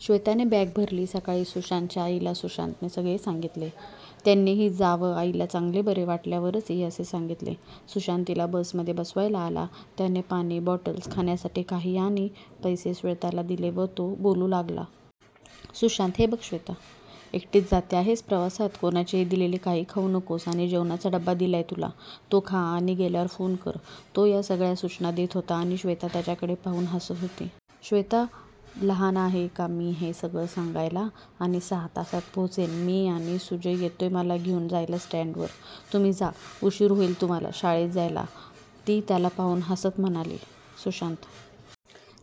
श्वेताने bag भरली. सकाळी सुशांतच्या आईला सुशांतने सगळे सांगितले. त्यांनीही जा व आईला चांगले बरे वाटल्यावरच ये असे सांगितले. सुशांत तिला बसमध्ये बसवायला आला, त्याने पाणी बॉटल्स, खाण्यासाठी काही आणि पैसे श्वेताला दिले व तो बोलू लागला. सुशांत, हे बघ श्वेता, एकटीच जाते आहेस प्रवासात, कोणाचेही दिलेले काही खाऊ नकोस आणि जेवणाचा डबा दिलाय तुला तो खा आणि गेल्यावर फोन कर, तो या सगळ्या सूचना देत होता आणि श्वेता त्याच्याकडे पाहून हसत होती. श्वेता, लहान आहे का मी हे सगळं सांगायला, आणि सहा तासांत पोहोचेन मी आणि सुजय येतोय मला घेऊन जायला स्टँडवर, तुम्ही जा, उशीर होईल तुम्हाला शाळेत जायला. ती त्याला पाहून हसत म्हणाली. सुशांत,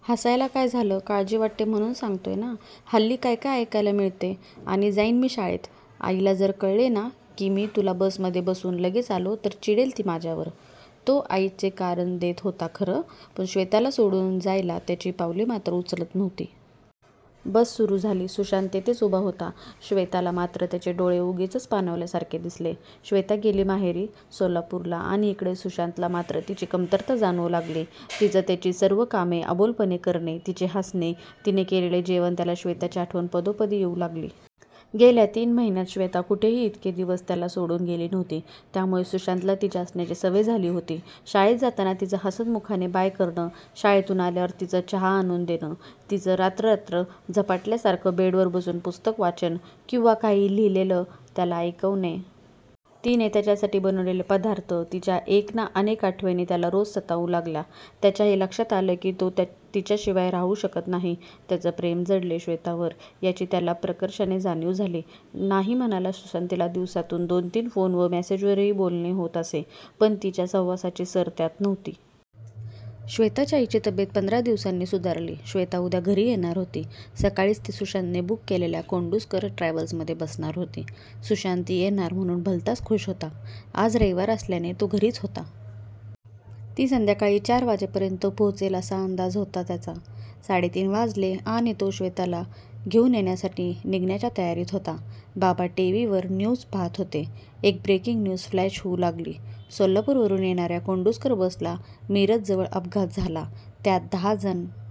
हसायला काय झालं, काळजी वाटते म्हणून सांगतोय ना, हल्ली काय काय ऐकायला मिळतेय, आणि जाईन मी शाळेत, आईला जर कळले ना की मी तुला बसमध्ये बसवून लगेच आलो तर चिडेल ती माझ्यावर, तो आईचे कारण देत होता खरं, पण श्वेताला सोडून जायला त्याची पावले मात्र उचलत नव्हती. बस सुरू झाली. सुशांत तिथेच उभा होता. श्वेताला मात्र त्याचे डोळे उगीचच पाणावल्यासारखे दिसले. श्वेता गेली माहेरी सोलापूरला आणि इकडे सुशांतला मात्र तिची कमतरता जाणवू लागली. तिचं त्याची सर्व कामे अबोलपणे करणे, तिचे हसणे, तिने केलेले जेवण त्याला श्वेताची आठवण पदोपदी येऊ लागली. गेल्या तीन महिन्यांत श्वेता कुठेही इतके दिवस त्याला सोडून गेली नव्हती. त्यामुळे सुशांतला तिच्या असण्याची सवय झाली होती. शाळेत जाताना तिचं हसतमुखाने बाय करणं. शाळेतून आल्यावर तिचं चहा आणून देणं. तिचं रात्र रात्र झपाटल्यासारखं बेडवर बसून पुस्तक वाचन किंवा काही लिहिलेलं त्याला ऐकवणे. तिने त्याच्यासाठी बनवलेले पदार्थ, तिच्या एक ना अनेक आठवणी त्याला रोज सतावू लागल्या. त्याच्या हे लक्षात आले की तो तिच्याशिवाय राहू शकत नाही. त्याचं प्रेम जडलंय श्वेतावर याची त्याला प्रकर्षाने जाणीव झाली. नाही म्हणायला सुशांत तिला दिवसातून दोन-तीन फोन व मेसेजवरही बोलणे होत असे पण तिच्या सहवासाची सर त्यात नव्हती. श्वेताच्या आईची तब्येत पंधरा दिवसांनी सुधारली. श्वेता उद्या घरी येणार होती. सकाळीच ती सुशांतने बुक केलेल्या कोंडूस्कर ट्रॅव्हल्समध्ये बसणार होती. सुशांत ती येणार म्हणून भलताच खूष होता. आज रविवार असल्याने तो घरीच होता. ती संध्याकाळी चार वाजेपर्यंत पोहोचेल असा अंदाज होता त्याचा; साडेतीन वाजले आणि तो श्वेताला घेऊन येण्यासाठी निघण्याच्या तयारीत होता. बाबा टीव्हीवर न्यूज पाहत होते. एक ब्रेकिंग न्यूज फ्लॅश होऊ लागली. सोलापूरवरून येणाऱ्या कोंडूस्कर बसला मिरजजवळ अपघात झाला. त्यात दहा जण